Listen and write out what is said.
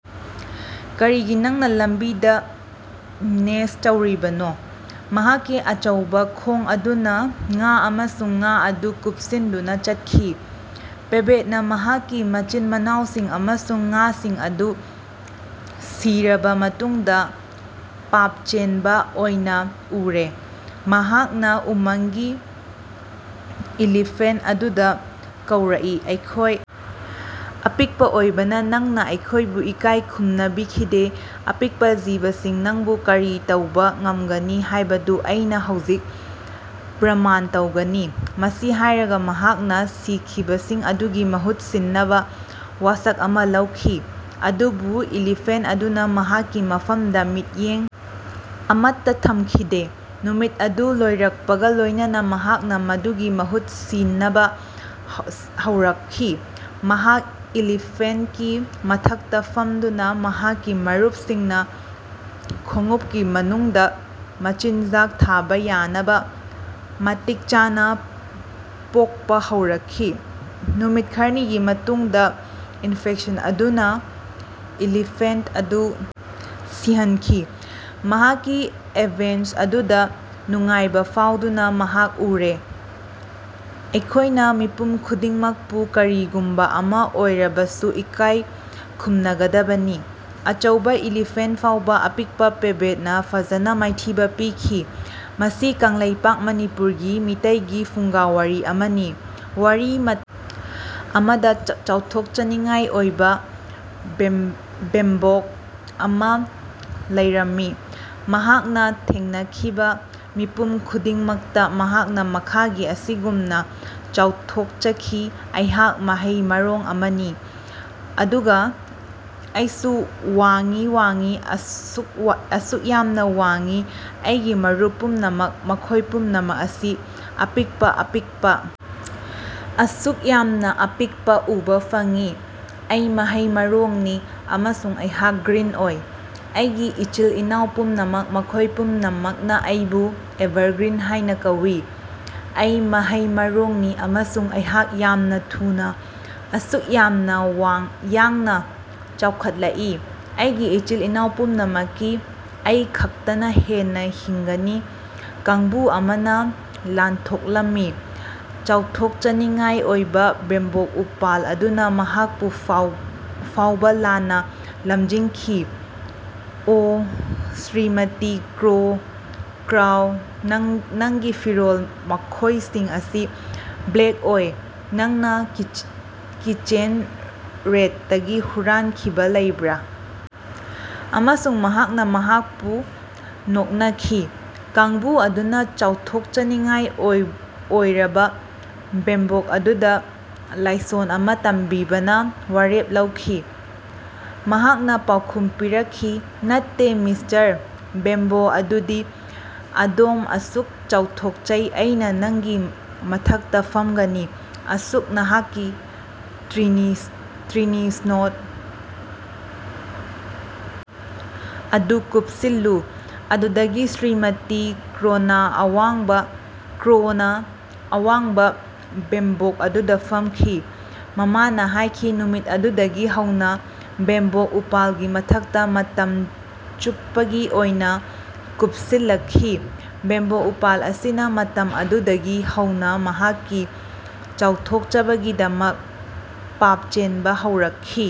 ꯀꯔꯤꯒꯤ ꯅꯪꯅꯥ ꯂꯝꯕꯤꯗꯥ ꯅꯦꯁ꯭ꯠ ꯇꯧꯔꯤꯕꯅꯣ? ꯃꯍꯥꯛꯀꯤ ꯑꯆꯧꯕꯥ ꯈꯣꯡ ꯑꯗꯨꯅꯥ ꯉꯥ ꯑꯃꯁꯨꯡ ꯉꯥ ꯑꯗꯨ ꯀꯨꯞꯁꯤꯟꯗꯨꯅꯥ ꯆꯠꯈꯤ꯫ ꯄꯦꯕꯦꯠꯅꯥ ꯃꯍꯥꯛꯀꯤ ꯃꯆꯤꯟ ꯃꯅꯥꯎꯁꯤꯡ ꯑꯃꯁꯨꯡ ꯉꯥꯁꯤꯡ ꯑꯗꯨ ꯁꯤꯔꯕꯥ ꯃꯇꯨꯡꯗꯥ ꯄꯥꯞꯆꯦꯟꯕꯥ ꯑꯣꯏꯅꯥ ꯎꯔꯦ꯫ ꯃꯍꯥꯛꯅꯥ ꯎꯃꯪꯒꯤ ꯏꯂꯤꯐꯦꯟꯠ ꯑꯗꯨꯗꯥ ꯀꯧꯔꯛꯏ ꯑꯩꯈꯣꯏ ꯑꯄꯤꯛꯄ ꯑꯣꯏꯕꯅꯥ ꯅꯪꯅꯥ ꯑꯩꯈꯣꯏꯕꯨ ꯏꯀꯥꯏ ꯈꯨꯝꯅꯕꯤꯈꯤꯗꯦ ꯑꯄꯤꯛꯄꯥ ꯖꯤꯕꯁꯤꯡꯅꯥ ꯅꯪꯕꯨ ꯀꯔꯤ ꯇꯧꯕꯥ ꯉꯝꯒꯅꯤ ꯍꯥꯏꯕꯗꯨ ꯑꯩꯅꯥ ꯍꯧꯖꯤꯛ ꯄ꯭ꯔꯃꯥꯟ ꯇꯧꯒꯅꯤ꯫ ꯃꯁꯤ ꯍꯥꯏꯔꯒꯥ ꯃꯍꯥꯛꯅꯥ ꯁꯤꯈꯤꯕꯁꯤꯡ ꯑꯗꯨꯒꯤ ꯃꯍꯨꯠ ꯁꯤꯟꯅꯕꯥ ꯋꯥꯁꯛ ꯑꯃꯥ ꯂꯧꯈꯤ꯫ ꯑꯗꯨꯕꯨ ꯏꯂꯤꯐꯦꯟꯠ ꯑꯗꯨꯅꯥ ꯃꯍꯥꯛꯀꯤ ꯃꯐꯝꯗꯥ ꯃꯤꯠꯌꯦꯡ ꯑꯃꯠꯇꯥ ꯊꯝꯈꯤꯗꯦ꯫ ꯅꯨꯃꯤꯠ ꯑꯗꯨ ꯂꯣꯏꯔꯛꯄꯒꯥ ꯂꯣꯏꯅꯅꯥ ꯃꯍꯥꯛꯅꯥ ꯃꯗꯨꯒꯤ ꯃꯍꯨꯠ ꯁꯤꯅꯕꯥ ꯍꯧꯔꯛꯈꯤ꯫ ꯃꯍꯥꯛ ꯏꯂꯤꯐꯦꯟꯠꯀꯤ ꯃꯊꯛꯇꯥ ꯐꯝꯗꯨꯅꯥ ꯃꯍꯥꯛꯀꯤ ꯃꯔꯨꯞꯁꯤꯡꯅꯥ ꯈꯣꯡꯎꯄꯀꯤ ꯃꯅꯨꯡꯗꯥ ꯃꯆꯤꯟꯖꯥꯛ ꯊꯥꯕꯥ ꯌꯥꯅꯕꯥ ꯃꯇꯤꯛ ꯆꯥꯅꯥ ꯄꯣꯛꯄꯥ ꯍꯧꯔꯛꯈꯤ꯫ ꯅꯨꯃꯤꯠ ꯈꯔꯅꯤꯒꯤ ꯃꯇꯨꯡꯗꯥ ꯏꯟꯐꯦꯛꯁꯟ ꯑꯗꯨꯅꯥ ꯏꯂꯤꯐꯦꯟꯠ ꯑꯗꯨ ꯁꯤꯍꯟꯈꯤ꯫ ꯃꯍꯥꯛꯀꯤ ꯑꯦꯚꯦꯟꯖ ꯑꯗꯨꯗꯥ ꯅꯨꯡꯉꯥꯏꯕꯥ ꯐꯥꯎꯗꯨꯅꯥ ꯃꯍꯥꯛ ꯎꯔꯦ꯫ ꯑꯩꯈꯣꯏꯅꯥ ꯃꯤꯄꯨꯝ ꯈꯨꯗꯤꯡꯃꯛꯄꯨ ꯀꯔꯤꯒꯨꯝꯕꯥ ꯑꯃꯥ ꯑꯣꯏꯔꯕꯁꯨ ꯏꯀꯥꯏ ꯈꯨꯝꯅꯒꯗꯕꯅꯤ꯫ ꯑꯆꯧꯕꯥ ꯏꯂꯤꯐꯦꯟꯠ ꯐꯥꯎꯕꯥ ꯑꯄꯤꯀꯄꯥ ꯄꯦꯕꯦꯠꯅꯥ ꯐꯖꯅꯥ ꯃꯥꯏꯊꯤꯕꯥ ꯄꯤꯈꯤ꯫ ꯃꯁꯤ ꯀꯪꯂꯩꯄꯥꯛ ꯃꯅꯤꯄꯨꯔ ꯒꯤ ꯃꯤꯇꯩꯒꯤ ꯐꯨꯡꯒꯥꯋꯥꯔꯤ ꯑꯃꯅꯤ꯫ ꯋꯥꯔꯤ ꯃꯠ ꯑꯃꯗꯥ ꯆꯥꯎꯊꯣꯛꯆꯅꯤꯡꯉꯥꯏ ꯑꯣꯏꯕꯥ ꯕꯦꯝ ꯕꯦꯝꯕꯣꯛ ꯑꯃꯥ ꯂꯩꯔꯝꯃꯤ꯫ ꯃꯍꯥꯛꯅꯥ ꯊꯦꯡꯅꯈꯤꯕꯥ ꯃꯤꯄꯨꯝ ꯈꯨꯗꯤꯡꯃꯛꯇꯥ ꯃꯍꯥꯛꯅꯥ ꯃꯈꯥꯒꯤ ꯑꯁꯤꯒꯨꯝꯅꯥ ꯆꯥꯎꯊꯣꯛꯆꯈꯤ ꯑꯩꯍꯥꯛ ꯃꯍꯩ ꯃꯔꯣꯡ ꯑꯃꯅꯤ꯫ ꯑꯗꯨꯒꯥ ꯑꯩꯁꯨ ꯋꯥꯡꯏ ꯋꯥꯡꯏ ꯑꯁꯨꯛ ꯑꯁꯨꯛ ꯌꯥꯝꯅꯥ ꯋꯥꯡꯏ꯫ ꯑꯩꯒꯤ ꯃꯔꯨꯞ ꯄꯨꯝꯅꯃꯛ ꯃꯈꯣꯏ ꯄꯨꯝꯅꯃꯛ ꯑꯁꯤ ꯑꯄꯤꯛꯄꯥ ꯑꯄꯤꯛꯄꯥ ꯑꯁꯨꯛ ꯌꯥꯝꯅꯥ ꯑꯄꯤꯛꯄꯥ ꯎꯕꯥ ꯐꯪꯏ꯫ ꯑꯩ ꯃꯍꯩ ꯃꯔꯣꯡꯅꯤ꯫ ꯑꯃꯁꯨꯡ ꯑꯩꯍꯥꯛ ꯒ꯭ꯔꯤꯟ ꯑꯣꯏ꯫ ꯑꯩꯒꯤ ꯏꯆꯤꯜ ꯏꯅꯥꯎ ꯄꯨꯝꯅꯃꯛ ꯃꯈꯣꯏ ꯄꯨꯝꯅꯃꯛꯅꯥ ꯑꯩꯕꯨ ꯑꯦꯚꯥꯔꯒ꯭ꯔꯤꯟ ꯍꯥꯏꯅꯥ ꯀꯧꯏ꯫ ꯑꯩ ꯃꯍꯩ ꯃꯔꯣꯡꯅꯤ ꯑꯃꯁꯨꯡ ꯑꯩꯍꯥꯛ ꯌꯥꯝꯅꯥ ꯊꯨꯅꯥ ꯑꯁꯨꯛ ꯌꯥꯝꯅꯥ ꯌꯥꯡꯅꯥ ꯆꯥꯎꯈꯠꯂꯛꯏ꯫ ꯑꯩꯒꯤ ꯏꯆꯤꯜ ꯏꯅꯥꯎ ꯄꯨꯝꯅꯃꯛꯀꯤ ꯑꯩ ꯈꯛꯇꯅꯥ ꯍꯦꯟꯅꯥ ꯍꯤꯡꯒꯅꯤ꯫ ꯀꯥꯡꯕꯨ ꯑꯃꯅꯥ ꯂꯥꯟꯊꯣꯛꯂꯝꯃꯤ꯫ ꯆꯥꯎꯊꯣꯛꯆꯅꯤꯡꯉꯥꯏ ꯑꯣꯏꯕꯥ ꯕꯦꯝꯕꯣꯛ ꯎꯄꯥꯜ ꯑꯗꯨꯅꯥ ꯃꯍꯥꯛꯄꯨ ꯐꯥꯎꯕꯥ ꯂꯥꯟꯅꯥ ꯂꯝꯖꯤꯡꯈꯤ ꯑꯣ ꯁ꯭ꯔꯤꯃꯇꯤ ꯀ꯭ꯔꯥꯎ ꯅꯪꯒꯤ ꯐꯤꯔꯣꯜ ꯃꯈꯣꯏꯁꯤꯡ ꯑꯁꯤ ꯕ꯭ꯂꯦꯛ ꯑꯣꯏ꯫ ꯅꯪꯅꯥ ꯀꯤꯆꯦꯟ ꯔꯦꯠꯇꯒꯤ ꯍꯨꯔꯥꯟꯈꯤꯕꯥ ꯂꯩꯕ꯭ꯔꯥ? ꯑꯃꯁꯨꯡ ꯃꯍꯥꯛꯅꯥ ꯃꯍꯥꯛꯄꯨ ꯅꯣꯛꯅꯈꯤ꯫ ꯀꯥꯡꯕꯨ ꯑꯗꯨꯅꯥ ꯆꯥꯎꯊꯣꯛꯆꯅꯤꯡꯉꯥꯏ ꯑꯣꯏꯔꯕꯥ ꯕꯦꯝꯕꯣꯛ ꯑꯗꯨꯗꯥ ꯂꯥꯏꯁꯣꯟ ꯑꯃꯥ ꯇꯝꯕꯤꯅꯕꯥ ꯋꯥꯔꯦꯞ ꯂꯧꯈꯤ꯫ ꯃꯍꯥꯛꯅꯥ ꯄꯥꯎꯈꯨꯝ ꯄꯤꯔꯛꯈꯤ ꯅꯠꯇꯦ ꯃꯤꯁꯇꯔ ꯕꯦꯝꯕꯣ ꯑꯗꯨꯕꯨ ꯑꯗꯣꯝ ꯑꯁꯨꯛ ꯆꯥꯎꯊꯣꯛꯆꯩ꯫ ꯑꯩꯅꯥ ꯅꯪꯒꯤ ꯃꯊꯛꯇꯥ ꯐꯝꯒꯅꯤ꯫ ꯑꯃꯁꯨꯡ ꯅꯍꯥꯛꯀꯤ ꯇ꯭ꯔꯤꯅꯤ ꯁ꯭ꯅꯣꯠ ꯑꯗꯨ ꯀꯨꯞꯁꯤꯜꯂꯨ꯫ ꯑꯗꯨꯗꯒꯤ ꯁ꯭ꯔꯤꯃꯇꯤ ꯀ꯭ꯔꯣꯅꯥ ꯑꯋꯥꯡꯕꯥ ꯀ꯭ꯔꯣꯅꯥ ꯑꯋꯥꯡꯕꯥ ꯕꯦꯝꯕꯣꯛ ꯑꯗꯨꯗꯥ ꯐꯝꯈꯤ꯫ ꯃꯃꯥꯅꯥ ꯍꯥꯏꯈꯤ ꯅꯨꯃꯤꯠ ꯑꯗꯨꯗꯒꯤ ꯍꯧꯅꯥ ꯕꯦꯝꯕꯣꯛ ꯎꯄꯥꯜꯒꯤ ꯃꯊꯛꯇꯥ ꯃꯇꯝ ꯆꯨꯞꯄꯒꯤ ꯑꯣꯏꯅꯥ ꯀꯨꯞꯁꯤꯜꯂꯛꯈꯤ꯫ ꯕꯦꯝꯕꯣꯛ ꯎꯄꯥꯜ ꯑꯁꯤꯅꯥ ꯃꯇꯝ ꯑꯗꯨꯗꯒꯤ ꯍꯧꯅꯥ ꯃꯍꯥꯛꯀꯤ ꯆꯥꯎꯊꯣꯛꯆꯕꯒꯤꯗꯃꯛ ꯄꯥꯞꯆꯦꯟꯕꯥ ꯍꯧꯔꯛꯈꯤ꯫